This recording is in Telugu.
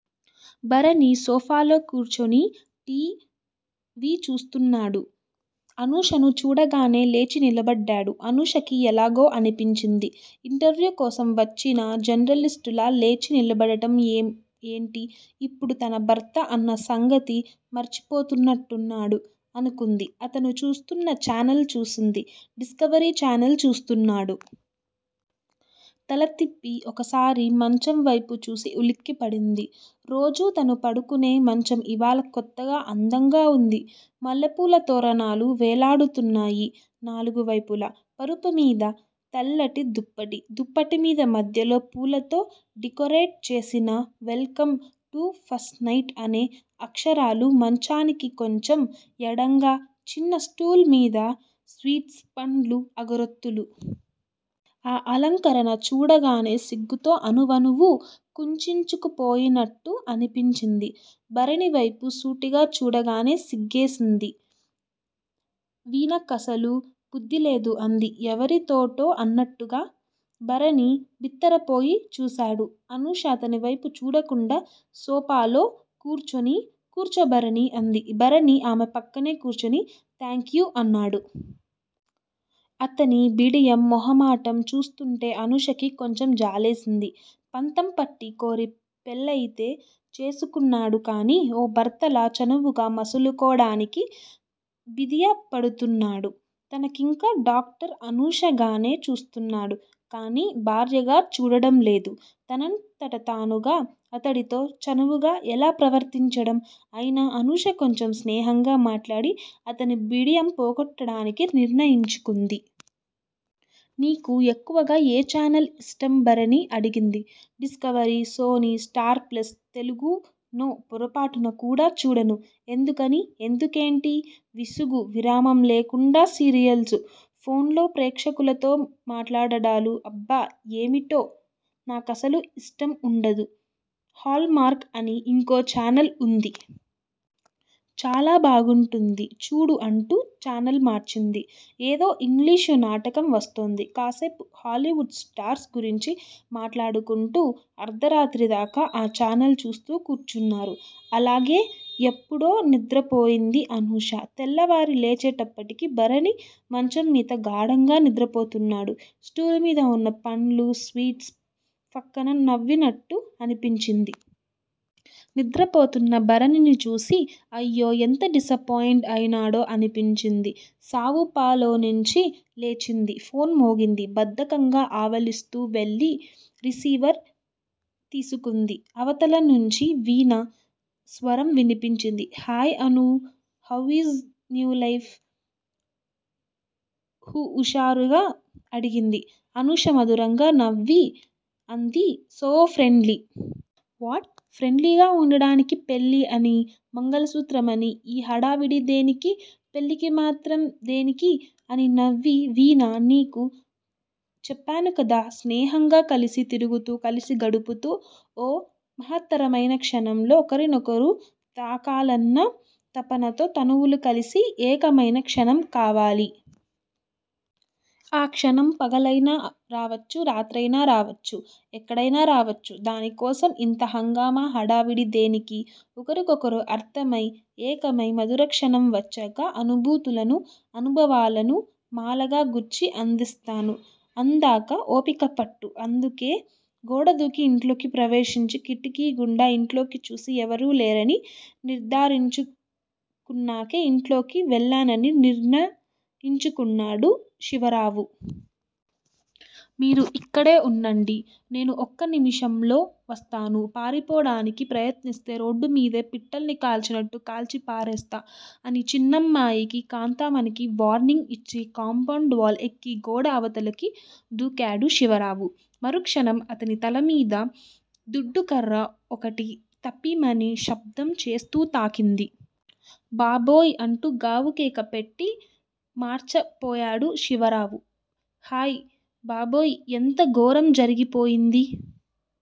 భరణి, సోఫాలో కూర్చుని టీ. వీ చూస్తున్నాడు. అనూషను చూడగానే లేచి నిలబడ్డాడు. అనూషకి ఎలాగో అనిపించింది. ఇంటర్య్వూ కోసం వచ్చిన జర్నలిస్టులా లేచి నిలబడటం ఏంటి? ఇప్పుడు తను భర్త అన్న సంగతి మర్చిపోతున్నట్టున్నాడు అనుకుంది. అతను చూస్తున్న ఛానల్ చూసింది. డిస్కవరీ ఛానల్ చూస్తున్నాడు. తలతిప్పి ఒక్కసారి మంచం వైపుచూసి ఉలిక్కిపడింది. రోజూ తను పడుకునే మంచం ఇవాళ కొత్తగా, అందంగా వుంది. మల్లెపూల తోరణాలు వెళ్ళాడుతున్నాయి నాలుగువైపులా. పరుపుమీద తల్లటి దుప్పటి. దుప్పటి మీద మద్యలో పూలతో డికోరేట్ చేసిన welcome to first night అనే అక్షరాలు మంచానికి కొంచెం ఎడంగా చిన్న స్టూలుమీద స్వీట్స్, పండ్లు, అగరొత్తులు. ఆ అలంకరణ చూడగానే సిగ్గుతో అణువణువూ కుంచించుకుపోయినట్టు అనిపించింది. భరణి వైపు సూటిగా చూడగానే సిగ్గేసింది. వీణకసలు బుద్దిలేదు అంది ఎవరితోటో అన్నట్టుగా. భరణి భిత్తరపోయి చూశాడు. అనూష అతని వైపు చూడకుండా సోపాలో కూర్చుని. కూర్చో భరణీ! అంది. భరణి ఆమె పక్కనే కూర్చుని- థాంక్యూ అన్నాడు. అతని బిడియం, మొహమాటం చూస్తుంటే అనూషకి కొంచెం జాలేసింది. పంతంపట్టి, కోరి పెళ్ళయితే చేసుకున్నాడుకానీ, ఓ భార్తలా చనువుగా మసులుకోడానికి బిదియపడుతున్నాడు. తనకింకా డాక్టర్ అనూషగానే చూస్తున్నాడు కానీ, భార్యగా చూడడంలేదు. తనంతట తానుగా అతడితో చనువుగా ఎలా ప్రవర్తించడం? అయినా అనూష కొంచెం స్నేహంగా మాట్లాడి, అతని బిడియం పొగొట్టడానికి నిర్ణయించుకుంది. నీకు ఎక్కువగా ఎ చానల్ ఇష్టం భరణీ అడిగింది. Discovery, Sony, Star Plus Telugu no! పొరపాటున కూడా చూడను ఎందుకని? ఎందుకేంటి? విసుగూ, విరామం లేకుండా సీరియల్సు, ఫోనులో ప్రేక్షకులతో మాట్లాడడాలు అబ్బ ఏమిటో నాకసలు యిష్టం వుండదు. హల్ మార్క్ అని ఇంకో ఛానల్ వుంది. చాలా బాగుంటుంది చూడు అంటూ ఛానల్ మార్చింది. ఏదో ఇంగ్లీషు నాటకం వస్తోంది. కాసేపు హాలీవుడ్ స్టార్స్ గురించి మాట్లాడకుంటూ, అర్దరాత్రిదాకా ఆ ఛానల్ చూస్తూ కూర్చూన్నారు. అలాగే ఎప్పుడో నిద్రపోయింది అనూష. తెల్లవారి లేచేటప్పటికి భరణి మంచంమీద గాడంగా నిద్రపోతున్నాడు. స్టూలుమీద వున్న పండ్లు, స్వీట్స్ ఫక్కున నవ్వినట్టు అనిపించింది. నిద్రపోతున్న భరణిని చూసి అయ్యో! ఎంత డిసపాయింట్ అయినాడో అనిపించింది. సావుపలోంచి లేచింది. ఫోన్ మోగింది. బద్దకంగా ఆవలిస్తూ వెళ్ళి రిసీవర్ తీసుకుంది. అవతల నుంచి వీణ స్వరం వినిపించింది. Hi Anu! How is new life? హుఉశారుగా అడిగింది. అనూష మధురంగా నవ్వి అంది సో ప్రెండ్లీ. వాట్? ప్రెండ్లీ గా వుండటానికి పెళ్ళి అని, మంగళసూత్రం అనీ ఈ హడావిడి దేనికి? పెళ్ళికి మాత్రం దేనికి? అని నవ్వి వీణా! నీకు చెప్పానుకదూ! స్నేహంగా కలసి తిరుగుతూ, కలసి గడుపుతూ ఓ మహా త్తరమైన క్షణంలో ఒకనొకరు తాకాలన్న తపనతో తనువులు కలసి, ఏకమైన క్షణం కావాలి. ఆ క్షణం పగలయినా రావచ్చు, రాత్రియిన రావచ్చు. ఎక్కడయినా రావచ్చు. దానికోసం ఇంత హంగామా, హాడావిడి దేనికి? ఒకరికొకరు అర్ధమై, ఏకమయ్ మధురక్షణం వచ్చాక అనుభూతులను, అనుభవాలను మాలగా గుచ్చి అందిస్తాను. అందాకా ఓపికపట్టు. అందుకే గోడదూకి ఇంట్లోకి ప్రవేశించి కిటికిగుండా ఇంట్లోకి చూసి ఎవరూలేరని నిర్ధారించుకున్నాకే ఇంట్లోకి వెళ్ళాలని నిర్ణయించుకున్నాడు శివరావు. మీరు ఇక్కడే ఉండండి నేను ఒక్క నిముషంలో వస్తాను. పారిపోవడానికి ప్రయత్నిస్తే రోడ్డు మీదే పిట్టల్ని కాల్చినట్టు కాల్చిపారేస్తా అని చిన్నమ్మాయికి, కాంతామణికి వార్నింగ్ ఇచ్చి కాంపౌండ్ వాల్ ఎక్కి గోడ అవతలకి దూకాడు శివరావు. మరుక్షణం అతని తలమీద దుడ్డుకర్ర ఒకటి తపిమని శబ్దం చేస్తూ తాకింది. 'బాబోయ్' అంటూ గావుకేక పెట్టి మార్చపోయాడు శివరావు. హయ్ బాబోయ్ ఎంత ఘోరం జరిగిపోయింది